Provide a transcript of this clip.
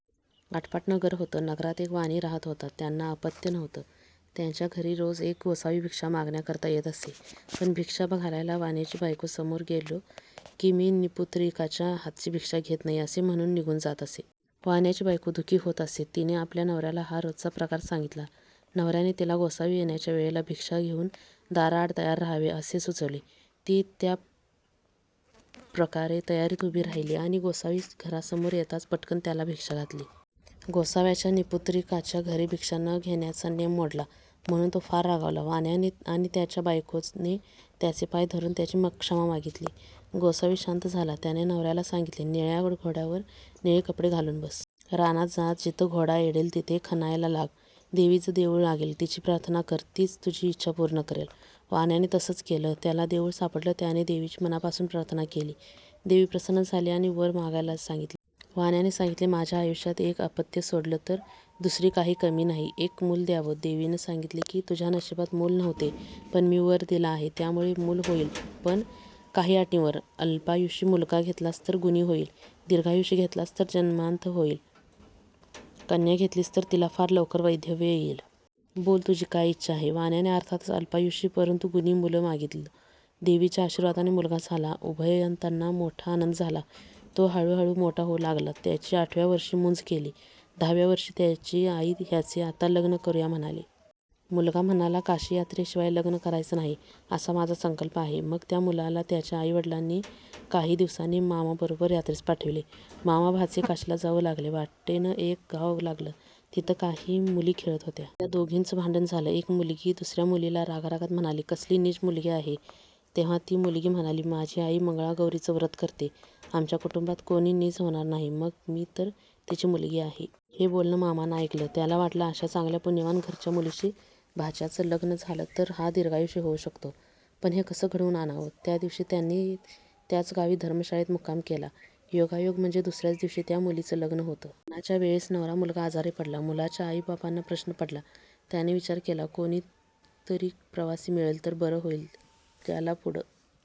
आटपाट नगर होतं. नगरात एक वाणी राहत होता. त्यांना अपत्य नव्हतं. त्याच्या घरी रोज एक गोसावी भिक्षा मागण्याकरता येत असे, पण भिक्षा घालायला वाण्याची बायको समोर गेलो कि मी निपुत्रिकाच्या हातची भिक्षा घेत नाही असे म्हणुन निघुन जात असे. वाण्याची बायको दुःखी होत असे. तिने आपल्या नवऱ्याला हा रोजचा प्रकार सांगितला. नवऱ्याने तिला गोसावी येण्याच्या वेळेला भिक्षा घेऊन दाराआड तयार रहावे असे सुचवले. ती त्याप्रकारे तयारीत उभी राहिली आणि गोसावी घरासमोर येताच पटकन त्याला भिक्षा घातली. गोसाव्याचा निपुत्रिकाच्या घरी भिक्षा न घेण्याचा नेम मोडला म्हणुन तो फार रागावला. वाण्याने आणि त्याच्या बायकोने त्याचे पाय धरून त्याची क्षमा मागितली. गोसावी शांत झाला. त्याने नवऱ्याला सांगितले निळ्या घोड्यावर निळे कपडे घालुन बस. रानात जा. जिथं घोडा एडेल तिथे खणायला लाग. देवीचं देऊळ लागेल. तिची प्रार्थना कर. तीच तुझी इच्छा पूर्ण करेल. वाण्याने तसंच केलं. त्याला देऊळ सापडलं. त्याने देवीची मनापासुन प्रार्थना केली. देवी प्रसन्न झाली आणि वर मागायला सांगितले. वाण्याने सांगितले माझ्या आयुष्यात एक अपत्य सोडलं तर दुसरी काही कमी नाही. एक मुल द्यावं. देवीने सांगितले कि तुझ्या नशिबात मुल नव्हते पण मी वर दिला आहे त्यामुळे मुल होईल पण काही अटींवर, अल्पायुषी मुलगा घेतलास तर गुणी होईल, दीर्घायुषी घेतलास तर जन्मांध होईल, कन्या घेतलीस तर तिला फार लवकर वैधव्य येईल. बोल तुझी काय इच्छा आहे? वाण्याने अर्थातच अल्पायुषी परंतु गुणी मुल मागितलं. देवीच्या आशीर्वादाने मुलगा झाला. उभयतांना मोठा आनंद झाला. तो हळू हळू मोठा होऊ लागला. त्याची आठव्या वर्षी मुंज केली. दहाव्या वर्षी त्याची आई ह्याचे आता लग्न करूया म्हणाली. मुलगा म्हणाला काशीयात्रे शिवाय लग्न करायचं नाही असा माझा संकल्प आहे मग त्या मुलाला त्याच्या आई वडिलांनी काही दिवसांनी मामाबरोबर यात्रेस पाठविलं. मामाभाचे काशीला जाऊ लागले. वाटेनं एक गाव लागलं. तिथं काही मुली खेळत होत्या. त्यातल्या दोघींचं भांडण झालं. मग एक मुलगी दुसऱ्या मुलीला रागारागात म्हणाली. कसली नीच मुलगी आहे. तेव्हा ती मुलगी म्हणाली, माझी आई मंगळागौरीचं व्रत करते, आमच्या कुटुंबात कोणी नीच होणार नाही. मग मी तर तिची मुलगी आहे. हे बोलणं मामानं ऐकलं. त्याला वाटलं अशा चांगल्या पुण्यवान घरच्या मुलीशी भाच्याचं लग्न झालं तर हा दीर्घायुषी होऊ शकतो. पण हे कसं घडवुन आणावं? त्या दिवशीं त्यांनीं त्याच गावी धर्मशाळेत मुक्काम केला. योगायोग म्हणजे दुसऱ्याच दिवशी त्या मुलीचं लग्न होतं. लग्नाच्या वेळेस नवरा मुलगा आजारी पडला. मुलाच्या आईबापांना प्रश्न पडला. त्यांनी विचार केला कोणी तरी प्रवासी मिळेल तर बरं होईल, त्याला पुढं